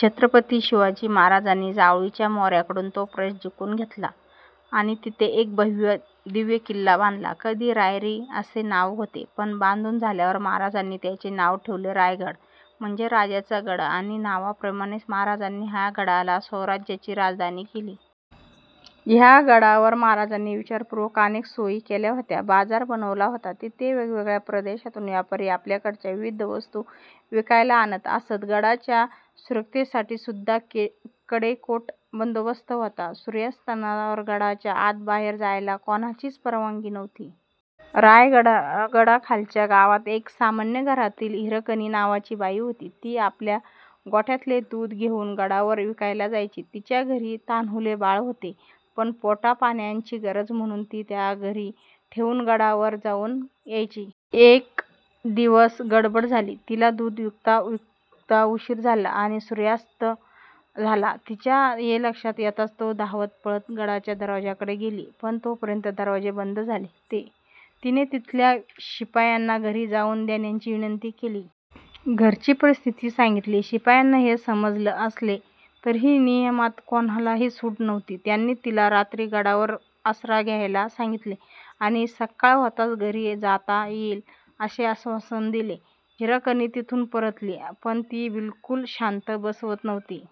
छत्रपती शिवाजी महाराजांनी जावळीच्या मोऱ्यांकडून तो प्रदेश जिंकुन घेतला आणि तिथे एक भव्य दिव्य किल्ला बांधला. आधी रायरी असे नाव होते, पण बांधुन झाल्यावर महाराजांनी त्याचे नाव ठेवले रायगड. म्हणजे राजाचा गड आणि नावाप्रमाणेच महाराजांनी या गडाला स्वराज्याची राजधानी केले. ह्या गडावर महाराजांनी विचारपुर्वक अनेक सोयी केल्या होत्या. बाजार बनवला होता. तिथे वेगवेगळ्या प्रदेशातून व्यापारी आपल्याकडच्या विविध वस्तु विकायला आणत असत. या गडाच्या सुरक्षेसाठी सुद्धा कडेकोट बंदोबस्त होता. सूर्यास्तानंतर गडाच्या आत बाहेर जायला कोणालाच परवानगी नव्हती. रायगडाखालच्या गावात एक सामान्य घरातली हिरकणी नावाची बाई होती. ती आपल्या गोठ्यातले दुध घेऊन गडावर विकायला जायची. तिच्या घरी तान्हुले बाळ होते, पण पोटापाण्याची गरज म्हणुन ती त्याला घरी ठेवुन गडावर जाऊन यायची. एक दिवस गडबड झाली. तिला दुध विकता विकता उशीर झाला आणि सूर्यास्त झाला. तिच्या हे लक्षात येताच तो धावत पळत गडाच्या दरवाजाकडे गेली. पण तोपर्यंत दरवाजे बंद झाले होते. तिने तिथल्या शिपायांना घरी जाऊन देण्याची विनंती केली. घरची परिस्थिती सांगितली. शिपायांना ते समजत असले तरीही नियमात कोणालाही सुट नव्हती. त्यांनी तिला रात्री गडावरच आसरा घ्यायला सांगितले आणि सकाळ होताच घरी जाता येईल असे आश्वासन दिले. हिरकणी तिथुन परतली पण तिला बिलकुल शांत बसवत नव्हते.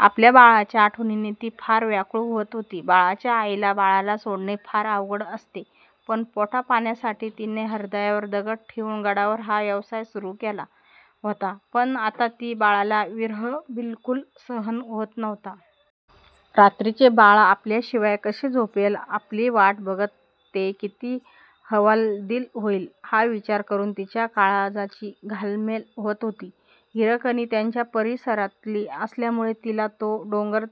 आपल्या बाळाच्या आठवणीने ती फार व्याकुळ होत होती. बाळाच्या आईला बाळाला सोडणे फार अवघड असते पण पोटापाण्यासाठी तिने हृदयावर दगड ठेवुन गडावर हा व्यवसाय सुरु केला होता. पण आता तिला बाळाचा विरह बिलकुल सहन होत नव्हता. रात्रीचे बाळ आपल्याशिवाय कसे झोपेल, आपली वाट बघत ते किती हवालदिल होईल हा विचार करून तिच्या काळजाची घालमेल होत होती. हिरकणी त्याच परिसरातली असल्यामुळे तिला तो डोंगर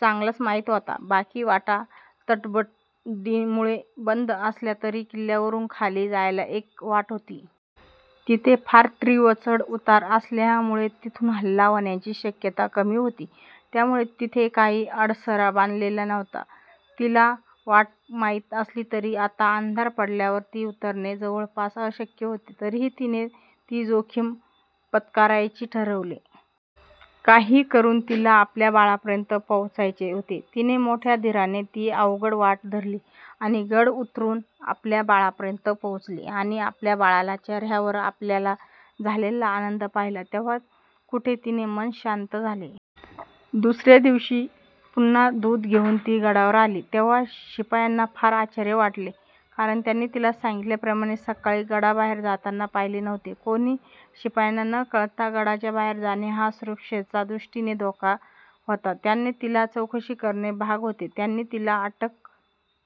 चांगलाच माहित होता. बाकी वाटा तटबंदीमुळे बंद असल्या तरी किल्ल्यावरून खाली जायला एक वाट होती. तिथे फार तीव्र चढ उतार असल्यामुळे तिथुन हल्ला होण्याची शक्यता कमी होती त्यामुळे तिथे काही अडसर बांधलेला नव्हता. तिला वाट माहित असली तरी आता अंधार पडल्यावर ती उतरणे जवळपास अशक्य होते. तरीही तिने ती जोखीम पत्करायची ठरवले. काहीही करून तिला आपल्या बाळापर्यंत पोहचायचे होते. तिने मोठ्या धीराने ती अवघड वाट धरली आणि गड उतरून आपल्या बाळापर्यंत पोहोचली आणि आपल्या बाळाच्या चेहऱ्यावर आपल्याला झालेला आनंद पाहिला तेव्हा कुठे तिचे मन शांत झाले. दुसऱ्या दिवशी पुन्हा दूध घेऊन ती गडावर आली तेव्हा शिपायांना फार आश्चर्य वाटले. कारण त्यांनी तिला सांगितल्याप्रमाणे सकाळी गडाबाहेर जाताना पाहिले नव्हते. कोणी शिपायांना न कळता गडाच्या बाहेर जाणे हा सुरक्षेच्या दृष्टीने धोका होता. त्यांना तिची चौकशी करणे भाग होते. त्यांनी तिला अटक